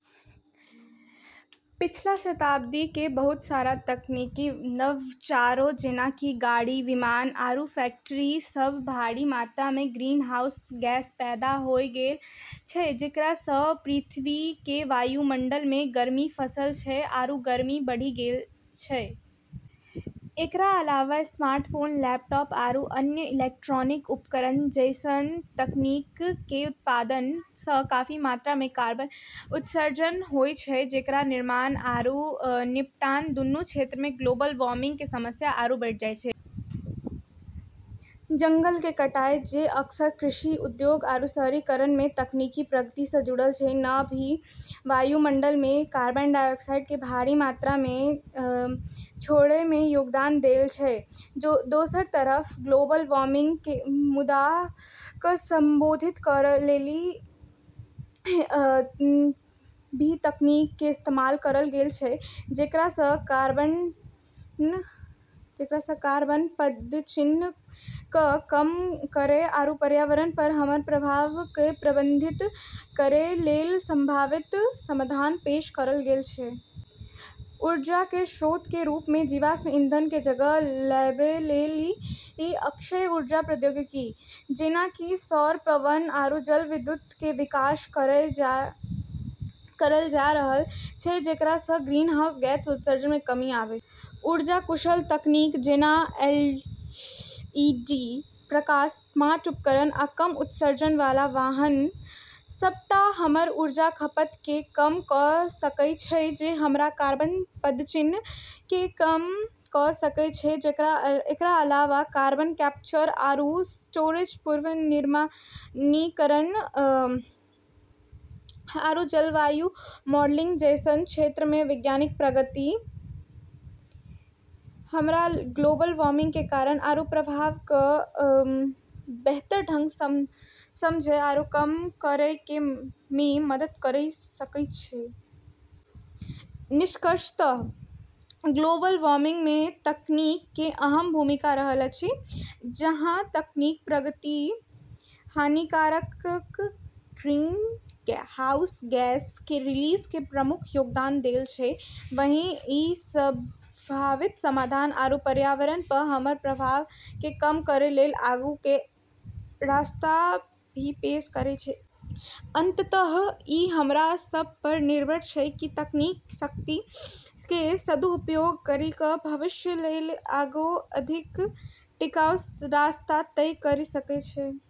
पिछला शताब्दी के बहुत सारा तकनीकी नवाचारो, जेना कि गाड़ी, विमान, आरू फैक्ट्री, स भारी मात्रा मे ग्रीनहाउस गैस पैदा होय गेल छै जेकरा स पृथ्वी के वायुमंडल मे गर्मी फंसल छै आरू गर्मी बढ़ी गेल छै। एकरा अलावा स्मार्टफोन, लैपटॉप, आरू अन्य इलेक्ट्रॉनिक उपकरण जैसन तकनीक के उत्पादन स काफी मात्रा मे कार्बन उत्सर्जन होय छै, जेकर निर्माण आरू निपटान दूनू क्षेत्र मे ग्लोबल वार्मिंग के समस्या आरू बढ़ी जाय छै। जंगल के कटाई, जे अक्सर कृषि, उद्योग आरू शहरीकरण मे तकनीकी प्रगति स जुड़ल छै, न भी वायुमंडल मे कार्बन डाइऑक्साइड के भारी मात्रा मे छोड़ै मे योगदान देल छै। दोसर तरफ, ग्लोबल वार्मिंग के मुद्दा क संबोधित करै लेली भी तकनीक के इस्तेमाल करल गेल छै, जेकरा स हमर कार्बन पदचिह्न क कम करै आरू पर्यावरण प हमर प्रभाव क प्रबंधित करै लेली संभावित समाधान पेश करल गेल छै। ऊर्जा के स्रोत के रूप मे जीवाश्म ईंधन के जगह लेबै लेली अक्षय ऊर्जा प्रौद्योगिकी, जेना कि सौर, पवन आरू जलविद्युत के विकास करल जाय रहल छै, जेकरा स ग्रीनहाउस गैस के उत्सर्जन मे कमी आबै छै। ऊर्जा-कुशल तकनीक, जेना एलईडी प्रकाश, स्मार्ट उपकरण आ कम उत्सर्जन वाला वाहन, सबटा हमर ऊर्जा खपत के कम क सकै छै, जे हमर कार्बन पदचिह्न के कम क सकै छै। एकरा अलावा कार्बन कैप्चर आरू स्टोरेज, पुनर्वनीकरण, आरू जलवायु मॉडलिंग जैसन क्षेत्र मे वैज्ञानिक प्रगति हमरा ग्लोबल वार्मिंग के कारण आरू प्रभाव क बेहतर ढंग स समझै आरू कम करै मे मदद करी सकै छै। निष्कर्षतः ग्लोबल वार्मिंग में तकनीक के अहम भूमिका रहल अछि। जहाँ तकनीकी प्रगति हानिकारक ग्रीनहाउस गैस के रिलीज मे प्रमुख योगदान देल छै, वहीं ई संभावित समाधान आरू पर्यावरण प हमर प्रभाव क कम करै लेली आगू के रास्ता भी पेश करै छै। अंततः ई हमरा सब पर निर्भर छै कि हम तकनीक के शक्ति के सदुपयोग करी क भविष्य लेली एगो अधिक टिकाऊ रास्ता तय करी सकै छियै।